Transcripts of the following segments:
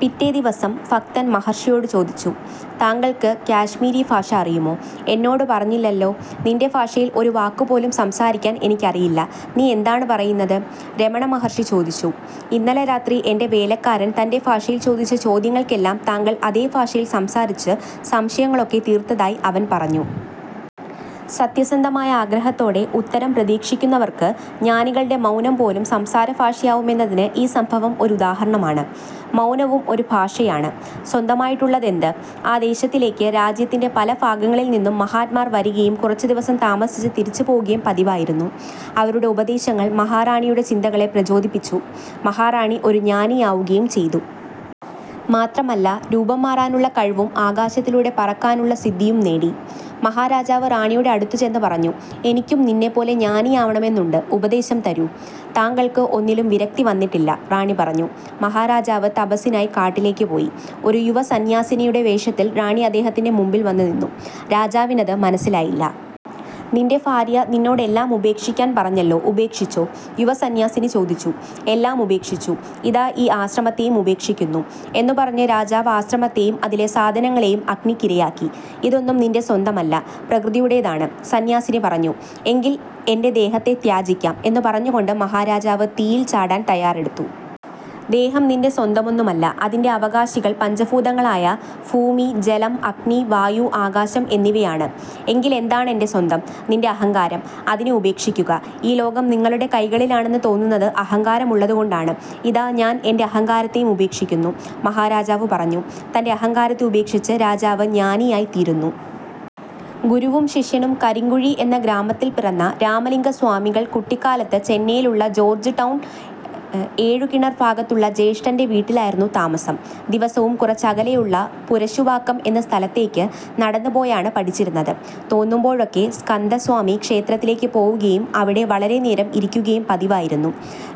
പിറ്റേദിവസം ഭക്തന് മഹര്ഷിയോട് ചോദിച്ചു:''താങ്കള്ക്ക് കശ്മീരിഭാഷ അറിയുമോ. എന്നോട് പറഞ്ഞില്ലല്ലോ. '' ''നിന്റെ ഭാഷയില് ഒരു വാക്കുപോലും സംസാരിക്കാന് എനിക്കറിയില്ല. നീ എന്താണ് പറയുന്നത്. '' രമണമഹര്ഷി ചോദിച്ചു. ''ഇന്നലെ രാത്രി എന്റെ വേലക്കാരന് തന്റെ ഭാഷയില് ചോദിച്ച ചോദ്യങ്ങള്ക്കെല്ലാം താങ്കള് അതേഭാഷയില് സംസാരിച്ച് സംശയങ്ങളൊക്കെ തീര്ത്തതായി അവന് പറഞ്ഞു. '' സത്യസന്ധമായ ആഗ്രഹത്തോടെ ഉത്തരം പ്രതീക്ഷിക്കുന്നവര്ക്ക് ജ്ഞാനികളുടെ മൗനംപോലും സംസാരഭാഷയാവുമെന്നതിന് ഈ സംഭവം ഒരു ഉദാഹരണമാണ്. മൗനവും ഒരു ഭാഷയാണ്. സ്വന്തമായിട്ടുള്ളതെന്ത്. ആ ദേശത്തിലേക്ക് രാജ്യത്തിന്റെ പല ഭാഗങ്ങളില്നിന്നും മഹാന്മാര് വരികയും കുറച്ചുദിവസം താമസിച്ച് തിരിച്ചുപോവുകയും പതിവായിരുന്നു. അവരുടെ ഉപദേശങ്ങള് മഹാറാണിയുടെ ചിന്തകളെ പ്രചോദിപ്പിച്ചു. മഹാറാണി ഒരു ജ്ഞാനിയാവുകയും ചെയ്തു. മാത്രമല്ല, രൂപം മാറാനുള്ള കഴിവും ആകാശത്തിലൂടെ പറക്കാനുള്ള സിദ്ധിയും നേടി. മഹാരാജാവ് റാണിയുടെ അടുത്തുചെന്ന് പറഞ്ഞു:''എനിക്കും നിന്നെപ്പോലെ ജ്ഞാനിയാവണമെന്നുണ്ട്. ഉപദേശം തരൂ. '' ''താങ്കള്ക്ക് ഒന്നിലും വിരക്തിവന്നിട്ടില്ല,'' റാണി പറഞ്ഞു. മഹാരാജാവ് തപസ്സിനായി കാട്ടിലേക്കുപോയി. ഒരു യുവസന്ന്യാസിനിയുടെ വേഷത്തില് റാണി അദ്ദേഹത്തിന്റെ മുമ്പില് വന്നുനിന്നു. രാജാവിനത് മനസ്സിലായില്ല. ''നിന്റെ ഭാര്യ നിന്നോട് എല്ലാം ഉപേക്ഷിക്കാന് പറഞ്ഞല്ലോ, ഉപേക്ഷിച്ചോ. '' യുവസന്ന്യാസിനി ചോദിച്ചു. 'എല്ലാം ഉപേക്ഷിച്ചു. ഇതാ ഈ ആശ്രമത്തെയും ഉപേക്ഷിക്കുന്നു' എന്നുപറഞ്ഞ് രാജാവ് ആശ്രമത്തെയും അതിലെ സാധനങ്ങളെയും അഗ്നിക്കിരയാക്കി. ''ഇതൊന്നും നിന്റെ സ്വന്തമല്ല. പ്രകൃതിയുടേതാണ്,'' സന്ന്യാസിനി പറഞ്ഞു. 'എങ്കില് എന്റെ ദേഹത്തെ ത്യജിക്കാം' എന്നുപറഞ്ഞുകൊണ്ട് മഹാരാജാവ് തീയില് ചാടാന് തയ്യാറെടുത്തു. ''ദേഹം നിന്റെ സ്വന്തമൊന്നുമല്ല. അതിന്റെ അവകാശികള് പഞ്ചഭൂതങ്ങളായ ഫൂമി ,ജലം, അഗ്നി, വായു, ആകാശം എന്നിവയാണ്. '' ''എങ്കില് എന്താണ് എന്റെ സ്വന്തം. '' ''നിന്റെ അഹങ്കാരം. അതിനെ ഉപേക്ഷിക്കുക. ഈ ലോകം നിങ്ങളുടെ കൈകളിലാണെന്ന് തോന്നുന്നത് അഹങ്കാരമുള്ളതുകൊണ്ടാണ്. '' ''ഇതാ, ഞാന് എന്റെ അഹങ്കാരത്തെയും ഉപേക്ഷിക്കുന്നു,'' മഹാരാജാവ് പറഞ്ഞു. തന്റെ അഹങ്കാരത്തെ ഉപേക്ഷിച്ച് രാജാവ് ജ്ഞാനിയായിത്തീര്ന്നു. ഗുരുവും ശിഷ്യനും കരിങ്കുഴി എന്ന ഗ്രാമത്തില് പിറന്ന രാമലിംഗസ്വാമികള് കുട്ടിക്കാലത്ത് ചെന്നൈയിലുള്ള ജോര്ജ് ടൗണ് ഏഴുകിണര് ഫാഗത്തുള്ള ജ്യേഷ്ഠന്റെ വീട്ടിലായിരുന്നു താമസം. ദിവസവും കുറച്ചകലെയുള്ള പുരശുവാക്കം എന്ന സ്ഥലത്തേക്ക് നടന്നുപോയാണ് പഠിച്ചിരുന്നത്. തോന്നുമ്പോഴൊക്കെ സ്കന്ദസ്വാമി ക്ഷേത്രത്തിലേക്കുപോവുകയും അവിടെ വളരെനേരം ഇരിക്കുകയും പതിവായിരുന്നു.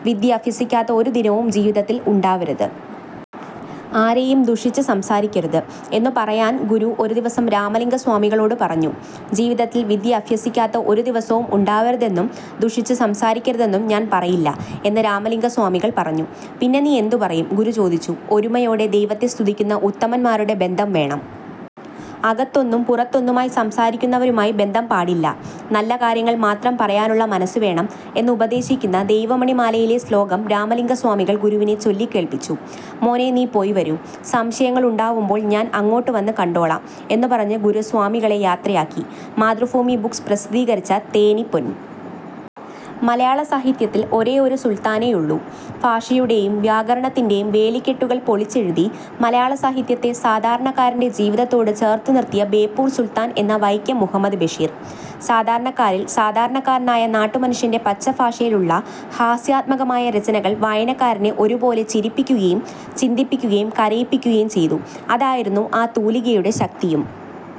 'വിദ്യ അഭ്യസിക്കാത്ത ഒരു ദിനവും ജീവിതത്തില് ഉണ്ടാവരുത്. ആരെയും ദുഷിച്ച് സംസാരിക്കരുത്' എന്നുപറയാന് ഗുരു ഒരു ദിവസം രാമലിംഗസ്വാമികളോട് പറഞ്ഞു. 'ജീവിതത്തില് വിദ്യയഭ്യസിക്കാത്ത ഒരു ദിവസവും ഉണ്ടാവരുതെന്നും ദുഷിച്ച് സംസാരിക്കരുതെന്നും ഞാന് പറയില്ല' എന്നു രാമലിംഗസ്വാമികള് പറഞ്ഞു. ''പിന്നെ നീ എന്തുപറയും. '' ഗുരു ചോദിച്ചു. ''ഒരുമയോടെ ദൈവത്തെ സ്തുതിക്കുന്ന ഉത്തമന്മാരുടെ ബന്ധം വേണം. അകത്തൊന്നും പുറത്തൊന്നുമായി സംസാരിക്കുന്നവരുമായി ബന്ധം പാടില്ല. നല്ല കാര്യങ്ങള്മാത്രം പറയാനുള്ള മനസ്സുവേണം'' എന്ന് ഉപദേശിക്കുന്ന ദൈവമണിമാലയിലെ ശ്ലോകം രാമലിംഗസ്വാമികള് ഗുരുവിനെ ചൊല്ലിക്കേള്പ്പിച്ചു. 'മോനേ നീ പോയി വരൂ. സംശയങ്ങളുണ്ടാവുമ്പോള് ഞാന് അങ്ങോട്ടുവന്ന് കണ്ടോളാം' എന്നുപറഞ്ഞ് ഗുരു സ്വാമികളെ യാത്രയാക്കി. മാതൃഫൂമി ബുക്സ് പ്രസിദ്ധീകരിച്ച തേനി പൊന്. മലയാള സാഹിത്യത്തില് ഒരേയൊരു സുല്ത്താനേയുള്ളൂ. ഫാഷയുടെയും വ്യാകരണത്തിന്റെയും വേലിക്കെട്ടുകള് പൊളിച്ചെഴുതി, മലയാള സാഹിത്യത്തെ സാധാരണക്കാരന്റെ ജീവിതത്തോട് ചേര്ത്തു നിര്ത്തിയ ബേപ്പൂര് സുല്ത്താന് എന്ന വൈക്കം മുഹമ്മദ് ബഷീര്. സാധാരണക്കാരില് സാധാരണക്കാരനായ നാട്ടുമനുഷ്യന്റെ പച്ചഭാഷയിലുള്ള ഹാസ്യാത്മകമായ രചനകള് വായനക്കാരനെ ഒരുപോലെ ചിരിപ്പിക്കുകയും, ചിന്തിപ്പിക്കുകയും, കരയിപ്പിക്കുകയും ചെയ്തു. അതായിരുന്നു ആ തൂലികയുടെ ശക്തിയും.